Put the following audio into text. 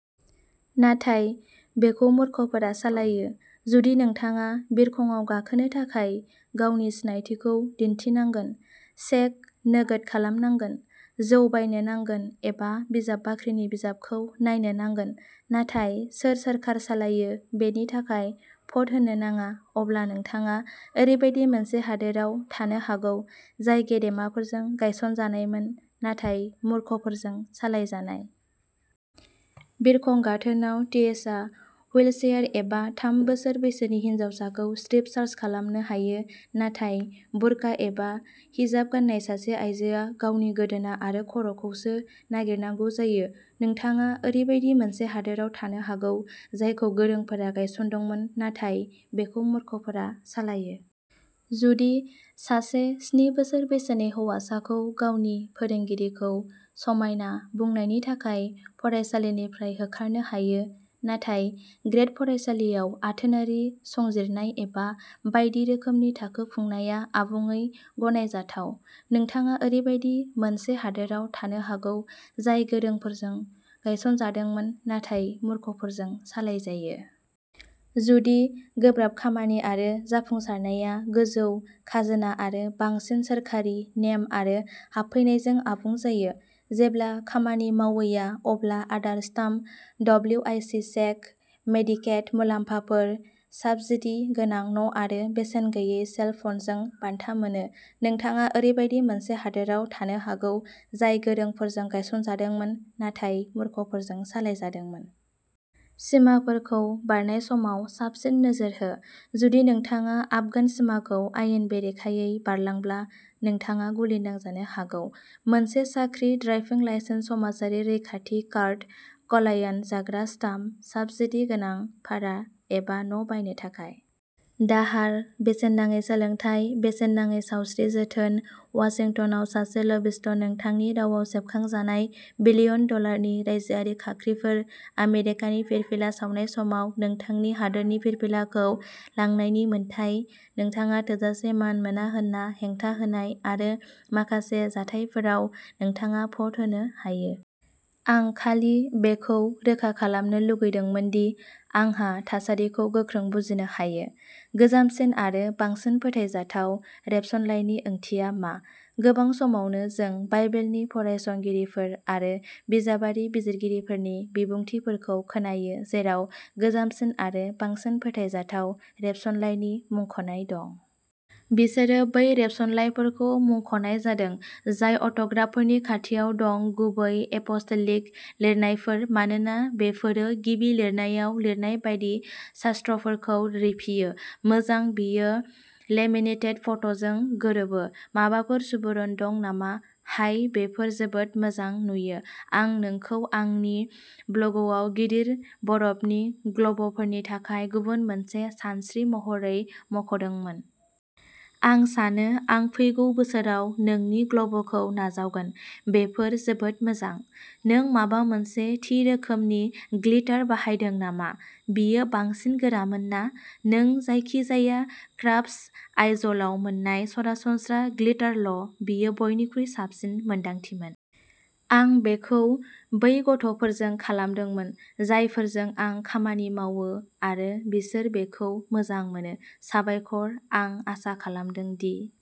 नाथाय बेखौ मूर्खफोरा सालायो। जुदि नोंथाङा बिरखंआव गाखोनो थाखाय गावनि सिनायथिखौ दिन्थिनांगोन, चेक नोगोद खालामनांगोन, जौ बायनो नांगोन, एबा बिजाब बाख्रिनि बिजाबखौ नायनो नांगोन, नाथाय सोर सोरखार सालायो बेनि थाखाय भ'ट होनो नाङा-अब्ला नोंथाङा ओरैबायदि मोनसे हादोरआव थानो हागौ, जाय गेदेमाफोरजों गायसनजानायमोन नाथाय मूर्खफोरजों सालायजानाय। बिरखं गाथोनाव टिएसएआ हुइलचेयार एबा थाम बोसोर बैसोनि हिनजावखौ स्ट्रिप-सार्च खालामनो हायो, नाथाय बुरका एबा हिजाब गान्नाय सासे आइजोआ गावनि गोदोना आरो खर'खौसो नागिरनांगौ जायो-नोंथाङा ओरैबायदि मोनसे हादोरआव थानो हागौ, जायखौ गोरोंफोरा गायसनदोंमोन नाथाय बेखौ मूर्खफोरा सालायो। जुदि सासे स्नि बोसोर बैसोनि हौवासाखौ गावनि फोरोंगिरिखौ "समायना" बुंनायनि थाखाय फरायसालिनिफ्राय होखारनो हायो, नाथाय ग्रेड फरायसालियाव आथोनारि संजिरनाय एबा बायदि रोखोमनि थाखो खुंनाया आबुङै गनायजाथाव-नोंथाङा ओरैबायदि मोनसे हादोरआव थानो हागौ, जाय गोरोंफोरजों गायसनजादोंमोन नाथाय मूर्खफोरजों सालायजायो। जुदि गोब्राब खामानि आरो जाफुंसारनाया गोजौ खाजोना आरो बांसिन सोरखारि नेम आरो हाबफैनायजों आबुं जायो, जेब्ला खामानि मावैया, अब्ला आदार स्टाम्प, डब्लिउआइसि चेक, मेडिकेड मुलाम्फाफोर, साब्सिडी गोनां न'आरो बेसेन गैयै सेल फ'नजों बान्था मोनो-नोंथाङा ओरैबायदि मोनसे हादोरआव थानो हागौ, जाय गोरोंफोरजों गायसनजादोंमोन नाथाय मूर्खफोरजों सालायजादोंमोन। सिमाफोरखौ बारनाय समाव साबसिन नोजोर हो! जुदि नोंथाङा आफगान सिमाखौ आयेन बेरेखायै बारलांब्ला, नोंथाङा गुलि नांजानो हागौ।... मोनसे साख्रि, ड्राइभिं लाइसेन्स, समाजारि रैखाथि कार्ड, कल्याण, जाग्रा स्टाम्प, साब्सिडी गोनां भारा एबा न'बायनो थाखाय दाहार, बेसेन नाङै सोलोंथाय, बेसेन नाङै सावस्रि जोथोन, वाशिंटनआव सासे लबिस्ट, नोंथांनि रावाव सेबखांजानाय बिलियन डलारनि रायजोआरि खाख्रिफोर, आमेरिकानि फिरफिला सावनाय समाव नोंथांनि हादोरनि फिरफिलाखौ लांनायनि मोन्थाइ, नोंथाङा थोजासे मान मोना होनना हेंथा होनाय, आरो माखासे जाथायफोराव, नोंथाङा भ'ट होनो हायो। आं खालि बेखौ रोखा खालामनो लुगैदोंमोन दि आंहा थासारिखौ गोख्रों बुजिनो हायो! "गोजामसिन आरो बांसिन फोथायजाथाव रेबसनलाइ" नि ओंथिया मा? गोबां समावनो जों बाइबेलनि फरायसंगिरिफोर आरो बिजाबारि बिजिरगिरिफोरनि बिबुंथिफोरखौ खोनायो जेराव "गोजामसिन आरो बांसिन फोथायजाथाव रेबसनलाइ" नि मुंख'नाय दं। बिसोरो बै रेबसनलाइफोरखौ मुंख'नाय जादों जाय अट'ग्राफफोरनि खाथियाव दं-गुबै एप'स्टलिक लिरनायफोर-मानोना बेफोरो गिबि लिरनायाव लिरनाय बायदि शास्त्रफोरखौ रिफियो। मोजां, बेयो लेमिनेटेड फट'जों गोरोबो। माबाफोर सुबुरुन दं नामा? हाय, बेफोर जोबोद मोजां नुयो। आं नोंखौ आंनि ब्ल'गआव गिदिर बरफनि ग्ल'बफोरनि थाखाय गुबुन मोनसे सानस्रि महरै मुंख'दोंमोन। आं सानो आं फैगौ बोसोराव नोंनि ग्ल'बखौ नाजावगोन। बेफोर जोबोद मोजां!!! नों माबा मोनसे थि रोखोमनि ग्लिटार बाहायदों नामा? बेयो बांसिन गोरामोन ना नों जायखिजाया क्राफ्ट आइजलाव मोननाय सरासनस्रा ग्लिटारल'? बेयो बयनिख्रुइ साबसिन सानदांथिमोन!! आं बेखौ बै गथ'फोरजों खालामदोंमोन, जायफोरजों आं खामानि मावो आरो बिसोर बेखौ मोजां मोनो!! साबायखर!! आं आसा खालामदों दि